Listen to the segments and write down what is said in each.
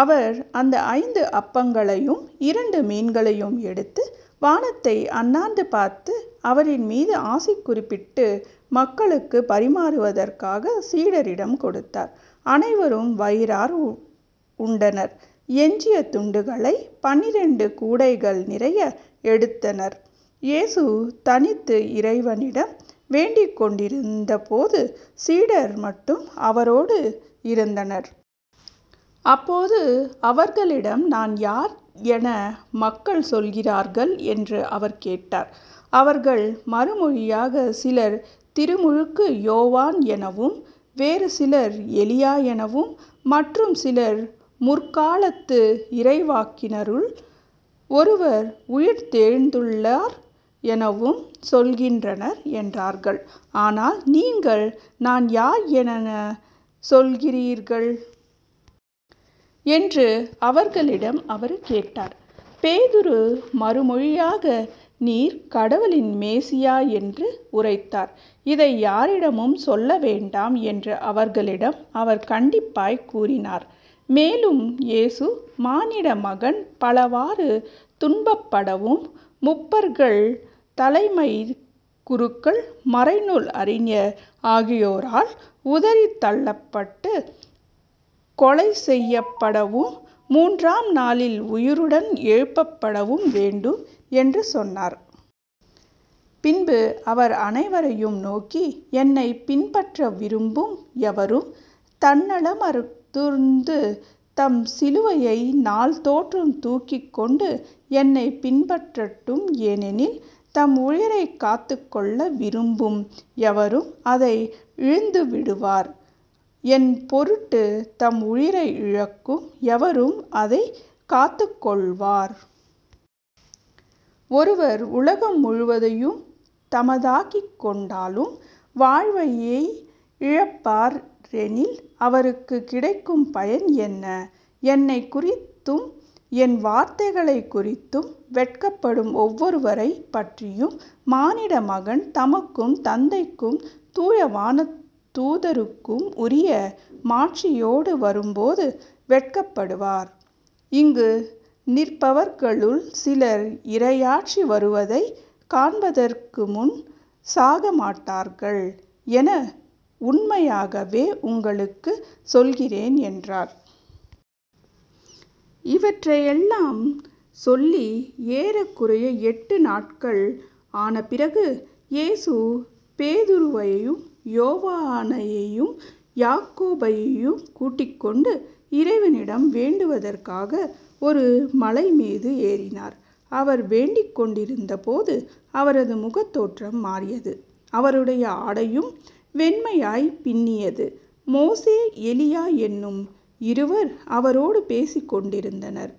அவர் அந்த ஐந்து அப்பங்களையும் இரண்டு மீன்களையும் எடுத்து வானத்தை அண்ணாந்து பார்த்து அவற்றின் மீது ஆசிகூறி பிட்டு மக்களுக்குப் பரிமாறுவதற்காகச் சீடரிடம் கொடுத்தார். அனைவரும் வயிறார உண்டனர். எஞ்சிய துண்டுகளைப் பன்னிரண்டு கூடைகள் நிறைய எடுத்தனர். இயேசு தனித்து இறைவனிடம் வேண்டிக்கொண்டிருந்தபோது சீடர் மட்டும் அவரோடு இருந்தனர். அப்போது அவர்களிடம் நான் யார் என மக்கள் சொல்கிறார்கள்? என்று அவர் கேட்டார். அவர்கள் மறுமொழியாக சிலர் திருமுழுக்கு யோவான் எனவும் வேறு சிலர் எலியா எனவும் மற்றும் சிலர் முற்காலத்து இறைவாக்கினருள் ஒருவர் உயிர்த்தெழுந்துள்ளார் எனவும் சொல்கின்றனர் என்றார்கள். ஆனால் நீங்கள் நான் யார் என் சொல்கிறீர்கள்? என்று அவர்களிடம் அவர் கேட்டார். பேதுரு மறுமொழியாக நீர் கடவுளின் மெசியா என்று உரைத்தார். இதை யாரிடமும் சொல்ல வேண்டாம் என்று அவர்களிடம் அவர் கண்டிப்பாய்க் கூறினார். மேலும் இயேசு மானிட மகன் பலவாறு துன்பப்படவும் மூப்பர்கள் தலைமைக் குருக்கள் மறைநூல் அறிஞர் ஆகியோரால் உதறித் தள்ளப்பட்டுக் கொலைசெய்யப்படவும் மூன்றாம் நாளில் உயிருடன் எழுப்பப்படவும் வேண்டும் என்று சொன்னார். பின்பு அவர் அனைவரையும் நோக்கி என்னைப் பின்பற்ற விரும்பும் எவரும் தன்னலம் துறந்து தம் சிலுவையை நாள்தோறும் தூக்கிக் கொண்டு என்னைப் பின்பற்றட்டும். ஏனெனில், தம் உயிரைக் காத்துக் கொள்ள விரும்பும் எவரும் அதை இழந்துவிடுவார். என்பொருட்டுத் தம் உயிரை இழக்கும் எவரும் அதைக் காத்துக்கொள்வார். ஒருவர் உலகம் முழுவதையும் தமதாக்கிக் கொண்டாலும் வாழ்வையே இழப்பாரெனில் அவருக்குக் கிடைக்கும் பயன் என்ன? என்னைக் குறித்தும் என் வார்த்தைகளைக் குறித்தும் வெட்கப்படும் ஒவ்வொருவரைப் பற்றியும் மானிட மகன் தமக்கும் தந்தைக்கும் தூய வானதூதருக்கும் உரிய மாட்சியோடு வரும் போது வெட்கப்படுவார். இங்கு நிற்பவர்களுள் சிலர் இறையாட்சி வருவதைக் காண்பதற்குமுன் சாகமாட்டார்கள் என உண்மையாகவே உங்களுக்குச் சொல்கிறேன் என்றார். இவற்றையெல்லாம் சொல்லி ஏறக்குறைய எட்டு நாட்கள் ஆனபிறகு இயேசு பேதுருவையும் யோவானையும் யாக்கோபையும் கூட்டிக்கொண்டு இறைவனிடம் வேண்டுவதற்காக ஒரு மலைமீது ஏறினார். அவர் வேண்டிக்கொண்டிருந்தபோது அவரது முகத்தோற்றம் மாறியது அவருடைய ஆடையும் வெண்மையாய் மின்னியது. மோசே எலியா என்னும் இருவர் அவரோடு பேசிக் கொண்டிருந்தனர்.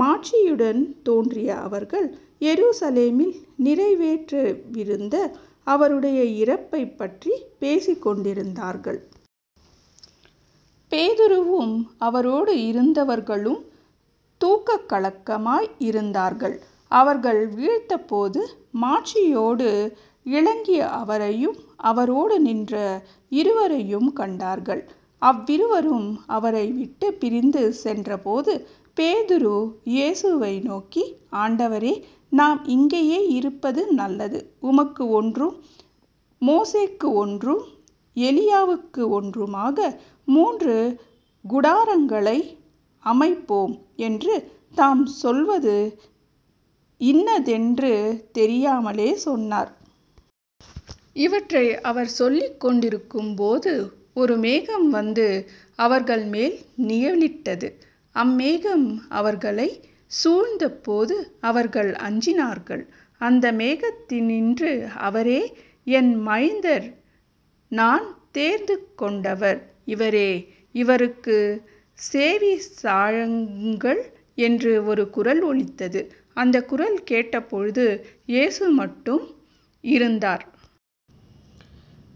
மாட்சியுடன் தோன்றிய அவர்கள் எருசலேமில் நிறைவேறவிருந்த அவருடைய இறப்பைப் பற்றிப் பேசிக் கொண்டிருந்தார்கள். பேதுருவும் அவரோடு இருந்தவர்களும் தூக்கக் கலக்கமாய் இருந்தார்கள். அவர்கள் விழித்தபோது மாட்சியோடு இலங்கிய அவரையும் அவரோடு நின்ற இருவரையும் கண்டார்கள். அவ்விருவரும் அவரை விட்டுப் பிரிந்து சென்ற போது பேதுரு இயேசுவை நோக்கி ஆண்டவரே நாம் இங்கேயே இருப்பது நல்லது. உமக்கு ஒன்றும் மோசேக்கு ஒன்றும் எலியாவுக்கு ஒன்றுமாக மூன்று கூடாரங்களை அமைப்போம் என்று தாம் சொல்வது இன்னதென்று தெரியாமலே சொன்னார். இவற்றை அவர் சொல்லிக்கொண்டிருக்கும்போது ஒரு மேகம் வந்து அவர்கள்மேல் நிழலிட்டது. அம்மேகம் அவர்களைக் சூழ்ந்தபோது அவர்கள் அஞ்சினார்கள். அந்த மேகத்தினின்று இவரே என் மைந்தர் நான் தேர்ந்து கொண்டவர் இவரே. இவருக்குச் செவிசாயுங்கள் என்று ஒரு குரல் ஒலித்தது. அந்தக் குரல் கேட்டபொழுது இயேசு மட்டும் இருந்தார்.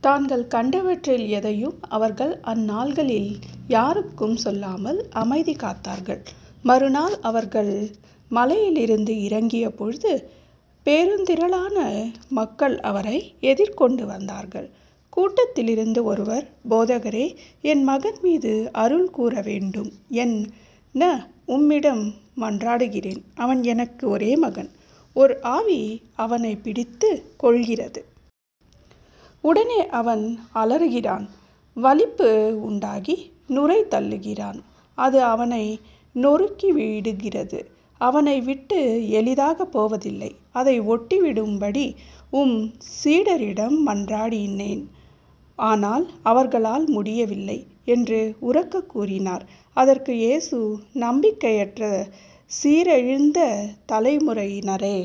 தாங்கள் கண்டவற்றில் எதையும் அவர்கள் அந்நாள்களில் யாருக்கும் சொல்லாமல் அமைதி காத்தார்கள். மறுநாள் அவர்கள் மலையிலிருந்து இறங்கியபொழுது பெருந்திரளான மக்கள் அவரை எதிர்கொண்டு வந்தார்கள் கூட்டத்திலிருந்து ஒருவர் போதகரே என் மகன்மீது அருள்கூர வேண்டும் என உம்மிடம் மன்றாடுகிறேன். அவன் எனக்கு ஒரே மகன். ஓர் ஆவி அவனைப் பிடித்துக் கொள்கிறது. உடனே அவன் அலறுகிறான். வலிப்பு உண்டாகி நுரை தள்ளுகிறான். அது அவனை நொறுக்கிவிடுகிறது அவனைவிட்டு எளிதாகப் போவதில்லை. அதை ஓட்டிவிடும்படி உம் சீடரிடம் மன்றாடினேன். ஆனால் அவர்களால் முடியவில்லை என்று உரக்கக் கூறினார். அதற்கு இயேசு நம்பிக்கையற்ற சீரழிந்த தலைமுறையினரே